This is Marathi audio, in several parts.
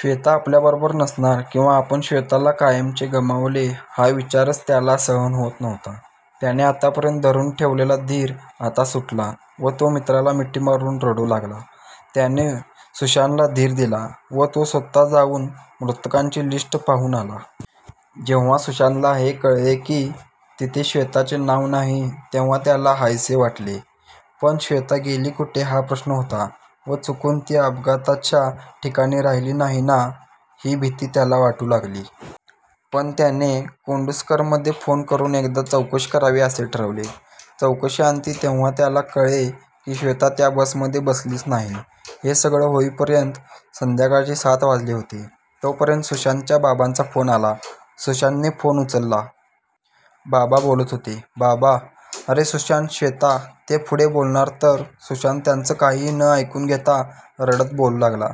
श्वेता आपल्याबरोबर नसणार किंवा आपण श्वेताला कायमचे गमावले हा विचारच त्याला सहन होत नव्हता. त्याने आतापर्यंत धरून ठेवलेला धीर आता सुटला व तो मित्राला मिठी मारून रडू लागला. त्याने सुशांतला धीर दिला व तो स्वतः जाऊन मृतकांची लिस्ट पाहून आला. जेव्हा सुशांतला हे कळले की तिथे श्वेताचे नाव नाही तेव्हा त्याला हायसे वाटले, पण श्वेता गेली कुठे हा प्रश्न होता व चुकून ती अपघाताच्या ठिकाणी राहिली नाही ना ही भीती त्याला वाटू लागली. पण त्याने कोंडूस्करमध्ये फोन करून एकदा चौकशी करावी असे ठरवले. चौकशीअंती तेव्हा त्याला कळले की श्वेता त्या बसमध्ये बसलीच नाही. हे सगळं होईपर्यंत संध्याकाळचे सात वाजले होते. तोपर्यंत सुशांतच्या बाबांचा फोन आला, सुशांतने फोन उचलला. बाबा बोलत होते. बाबा, अरे सुशांत श्वेता, ते पुढे बोलणार तर सुशांत त्यांचं काहीही न ऐकून घेता रडत बोलू लागला.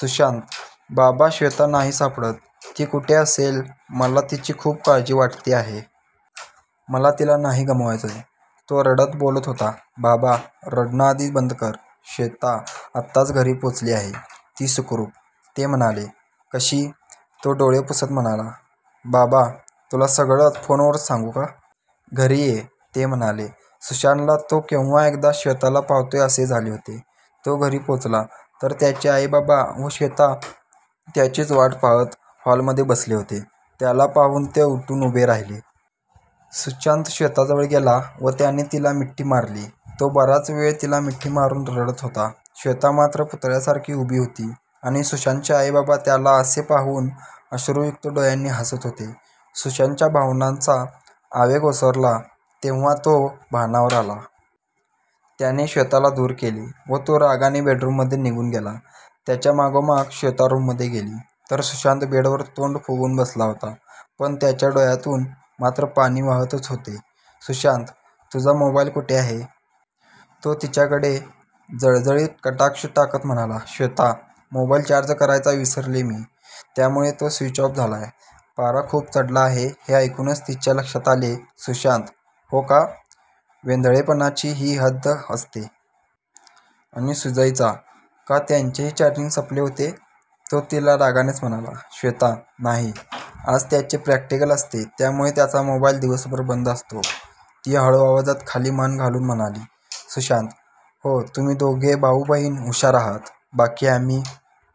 सुशांत, बाबा श्वेता नाही सापडत. ती कुठे असेल, मला तिची खूप काळजी वाटते आहे. मला तिला नाही गमवायचं! तो रडत बोलत होता. बाबा, रडणं आधी बंद कर! श्वेता आत्ताच घरी पोहोचली आहे. ती सुखरूप! ते म्हणाले. कशी, तो डोळे पुसत म्हणाला. बाबा, तुला सगळं फोनवरच सांगू का? घरी ये! ते म्हणाले. सुशांतला तो केव्हा एकदा श्वेताला पाहतोय असे झाले होते. तो घरी पोहोचला. तर त्याचे आई-बाबा व श्वेता त्याचीच वाट पाहत हॉलमध्ये बसले होते. त्याला पाहून ते उठून उभे राहिले. सुशांत श्वेताजवळ गेला व त्याने तिला मिठी मारली. तो बराच वेळ तिला मिठी मारून रडत होता. श्वेता मात्र पुतळ्यासारखी उभी होती आणि सुशांतचे आई-बाबा त्याला असे पाहून अश्रूयुक्त डोळ्यांनी हसत होते. सुशांतच्या भावनांचा आवेग ओसरला तेव्हा तो भानावर आला. त्याने श्वेताला दूर केले व तो रागाने बेडरूममध्ये निघून गेला. त्याच्या मागोमाग श्वेता रूममध्ये गेली. तर सुशांत बेडवर तोंड फुगवून बसला होता. पण त्याच्या डोळ्यांतून मात्र पाणी वाहतच होते. सुशांत, तुझा मोबाईल कुठे आहे? तो तिच्याकडे जळजळीत कटाक्ष टाकत म्हणाला. श्वेता, मोबाईल चार्ज करायचा विसरले मी, त्यामुळे तो स्विच ऑफ झालाय, पारा खूप चढला आहे हे ऐकूनच तिच्या लक्षात आले. सुशांत, हो का? वेंधळेपणाची ही हद्द असते. आणि सुजयचा, का त्याचेही चार्जिंग संपले होते? तो तिला रागानेच म्हणाला. श्वेता, नाही, आज त्याचे प्रॅक्टिकल असते त्यामुळे त्याचा मोबाईल दिवसभर बंद असतो. ती हळू आवाजात खाली मान घालून म्हणाली. सुशांत, हो, तुम्ही दोघे भाऊ-बहीण हुशार आहात, बाकी आम्ही